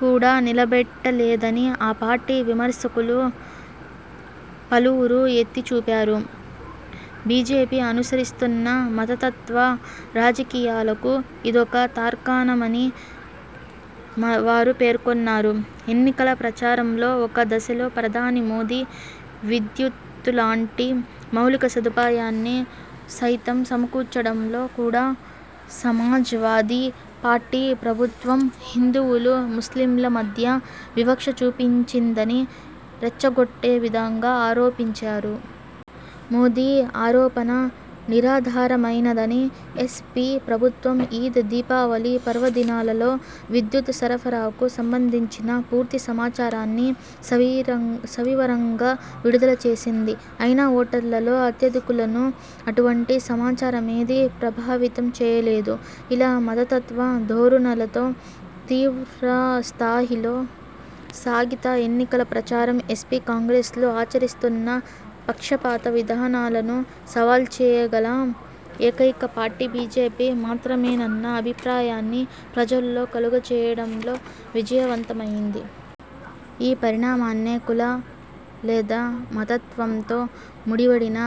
కూడా నిలబెట్ట లేదని ఆ పార్టీ విమర్శకులు పలువురు ఎత్తి చూపారు. బీజేపీ అనుసరిస్తున్న మతతత్వ రాజకీయాలకు ఇదొక తార్కాణమని వారు పేర్కొన్నారు. ఎన్నికల ప్రచారంలో ఒక దశలో ప్రధాని మోదీ విద్యుత్తులాంటి మౌలిక సదుపాయాన్ని సైతం సమకూర్చడంలో కూడా సమాజ్ వాదీ పార్టీ ప్రభుత్వం హిందువులు, ముస్లింల మధ్య వివక్ష చూపించిందని రెచ్చగొట్టే విధంగా ఆరోపించారు. మోదీ ఆరోపణ నిరాధారమైనదని ఎస్ పి ప్రభుత్వం ఈద్, దీపావళి పర్వదినాలలో విద్యుత్ సరఫరాకు సంబంధించిన పూర్తి సమాచారాన్ని సవివరంగా విడుదల చేసింది. అయినా ఓటర్లలో అత్యధికులను అటువంటి సమాచారమేదీ ప్రభావితం చేయలేదు. ఇలా మతతత్వ ధోరణులతో తీవ్రస్థాయిలో సాగిన ఎన్నికల ప్రచారం, ఎస్పి, కాంగ్రెస్లు ఆచరిస్తున్న పక్షపాత విధానాలను సవాల్చేయగల ఏకైక పార్టీ బీజేపీ మాత్రమేనన్న అభిప్రాయాన్ని ప్రజల్లో కలుగచేయడంలో విజయవంతమయింది. ఈ పరిణామాన్నే 'కుల/మతత్వంతో ముడివడిన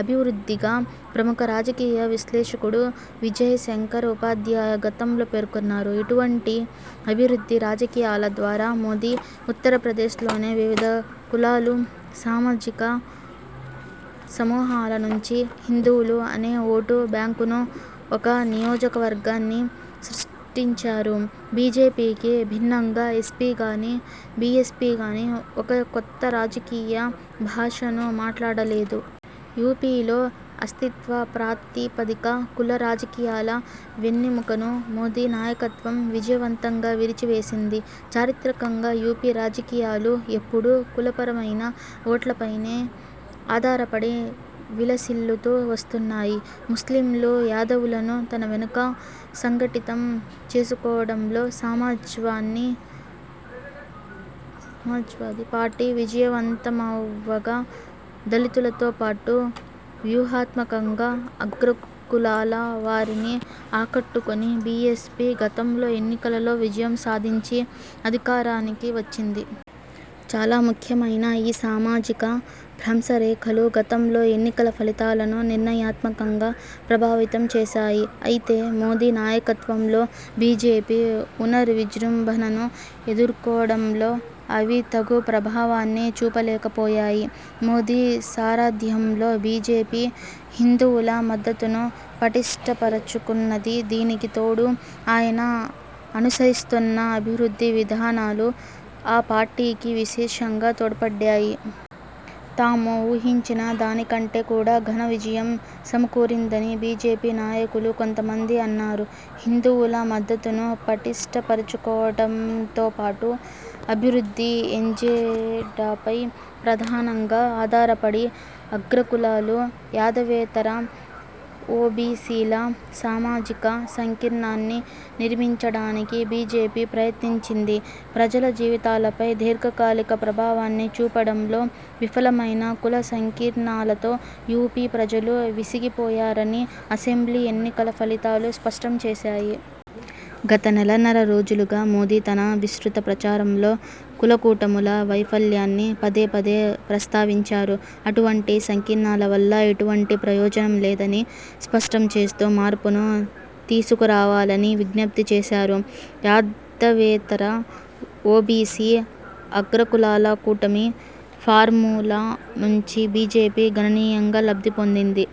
అభివృద్ధి'గా ప్రముఖ రాజకీయ విశ్లేషకుడు విజయ్ శంకర్ ఉపాధ్యాయ గతంలో పేర్కొన్నారు. ఇటువంటి అభివృద్ధి రాజకీయాల ద్వారా మోదీ, ఉత్తరప్రదేశ్లోని వివిధ కులాలు, సామాజిక సమూహాల నుంచి 'హిందువులు' అనే ఓటు బ్యాంకును, ఒక నియోజక వర్గాన్ని సృష్టించారు. బీజేపీకి భిన్నంగా ఎస్పిగానీ, బిఎస్పిగానీ ఒక కొత్త రాజకీయ భాషను మాట్లాడలేదు. యూపీలో అస్తిత్వ ప్రాతిపదిక కుల రాజకీయాల వెన్నెముకను మోదీ నాయకత్వం విజయవంతంగా విరిచివేసింది. చారిత్రకంగా యూపీ రాజకీయాలు ఎప్పుడూ కులపరమైన ఓట్ల పైనే ఆధారపడి విలసిల్లుతూ వస్తున్నాయి. ముస్లింలు, యాదవులను తన వెనుక సంఘటితం చేసుకోవడంలో సమాజ్వాదీ పార్టీ విజయవంతమవ్వగా దళితులతో పాటు వ్యూహాత్మకంగా 'అగ్రకులాల'వారిని ఆకట్టుకొని బీఎస్పీ గతంలో ఎన్నికలలో విజయం సాధించి అధికారానికి వచ్చింది. చాలా ముఖ్యమైన ఈ సామాజిక భ్రంశరేఖలు గతంలో ఎన్నికల ఫలితాలను నిర్ణయాత్మకంగా ప్రభావితం చేశాయి. అయితే మోదీ నాయకత్వంలో బీజేపీ పునర్ విజృంభణను ఎదుర్కోవడంలో అవి తగు ప్రభావాన్ని చూపలేకపోయాయి. మోదీ సారథ్యంలో బీజేపీ హిందువుల మద్దతును పటిష్ఠపరచుకున్నది. దీనికి తోడు ఆయన అనుసరిస్తున్న అభివృద్ధి విధానాలు ఆ పార్టీకి విశేషంగా తోడ్పడ్డాయి. తాము ఊహించిన దాని కంటే కూడా ఘన విజయం సమకూరిందని బీజేపీ నాయకులు కొంతమంది అన్నారు. హిందువుల మద్దతును పటిష్ఠపరచుకోవడంతోపాటు అభివృద్ధి ఎజెడాపై ప్రధానంగా ఆధారపడి, 'అగ్రకులాలు', యాదవేతర ఓబీసీల ' సామాజిక సంకీర్ణాన్ని నిర్మించడానికి బీజేపీ ప్రయత్నించింది. ప్రజల జీవితాలపై దీర్ఝకాలిక ప్రభావాన్ని చూపడంలో విఫలమైన కుల సంకీర్ణాలతో యూపీ ప్రజలు విసిగిపోయారని అసెంబ్లీ ఎన్నికల ఫలితాలు స్పష్టం చేశాయి. గత నెలన్నర రోజులుగా మోదీ తన విస్తృత ప్రచారంలో కులకూటముల వైఫల్యాన్ని పదేపదే ప్రస్తావించారు. అటువంటి సంకీర్ణాల వల్ల ఎటువంటి ప్రయోజనం లేదని స్పష్టం చేస్తూ మార్పును తీసుకురావాలని విజ్ఞప్తి చేశారు. యాదవేతర ఓబీసీ – అగ్రకులాల కూటమి ఫార్మ్యూలా నుంచి బీజేపీ గణనీయంగా లబ్ధిపొందింది.